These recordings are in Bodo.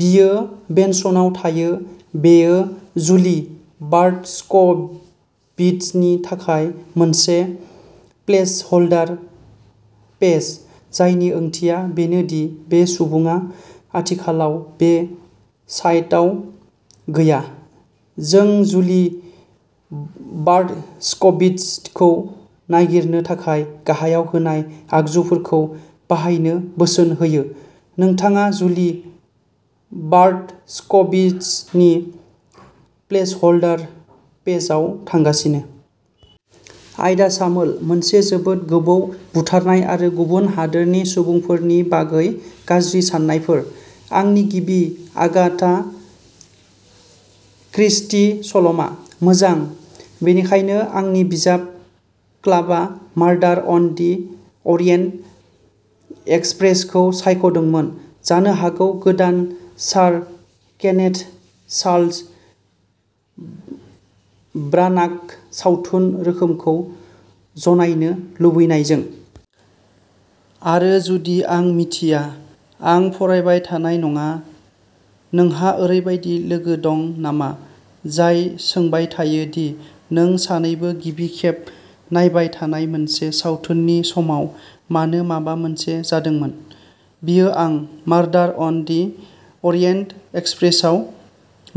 बियो बेनसनआव थायो। बेयो जुलि बार्टस्कविटजनि थाखाय मोनसे प्लेसहोल्डार पेज, जायनि ओंथिया बेनो दि बे सुबुङा आथिखालाव बे साइटआव गैया। जों जुलि बार्टस्कविटजखौ नागिरनो थाखाय गाहायाव होनाय आगजुफोरखौ बाहायनो बोसोन होयो। नोंथाङा जुलि बार्टस्कविटजनि प्लेसहोल्डार पेजाव थांगासिनो। आयदा सामोलः मोनसे जोबोद गोबौ बुथारनाय आरो गुबुन हादोरनि सुबुंफोरनि बागै गाज्रि सान्नायफोर। आंनि गिबि आगाथा क्रिस्टी सल'मा। मोजां, बेनिखायनो आंनि बिजाब क्लाबआ मार्डार अन दि अरियेन्ट एक्सप्रेसखौ सायख'दोंमोन, जानो हागौ गोदान सार केनेथ चार्ल्स ब्रानाग सावथुन रोखोमखौ ज'नायनो लुबैनायजों। आरो जुदि आं मिथिया, आं फरायबाय थानाय नङा। नोंहा ओरैबायदि लोगो दं नामा जाय सोंबाय थायो दि नों सानैबो गिबि खेब नायबाय थानाय मोनसे सावथुननि समाव मानो माबा मोनसे जादोंमोन? बियो आं। मार्डार अन दि अरियेन्ट एक्सप्रेसआव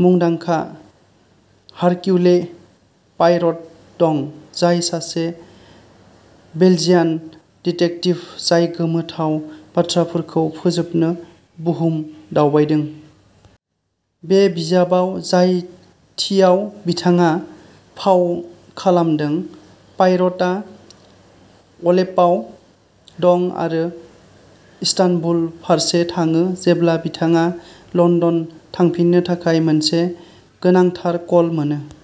मुंदांखा हारकिउले पायर'ट दं, जाय सासे बेल्जियान डिटेक्टिभ जाय गोमोथाव बाथ्राफोरखौ फोजोबनो बुहुम दावबायदों। बे बिजाबाव, जाय थिआव बिथाङा फाव खालामदों, पायर'टआ अलेप्प'आव दं आरो इस्तानबुल फारसे थाङो जेब्ला बिथाङा लन्दन थांफिननो थाखाय मोनसे गोनांथार कल मोनो।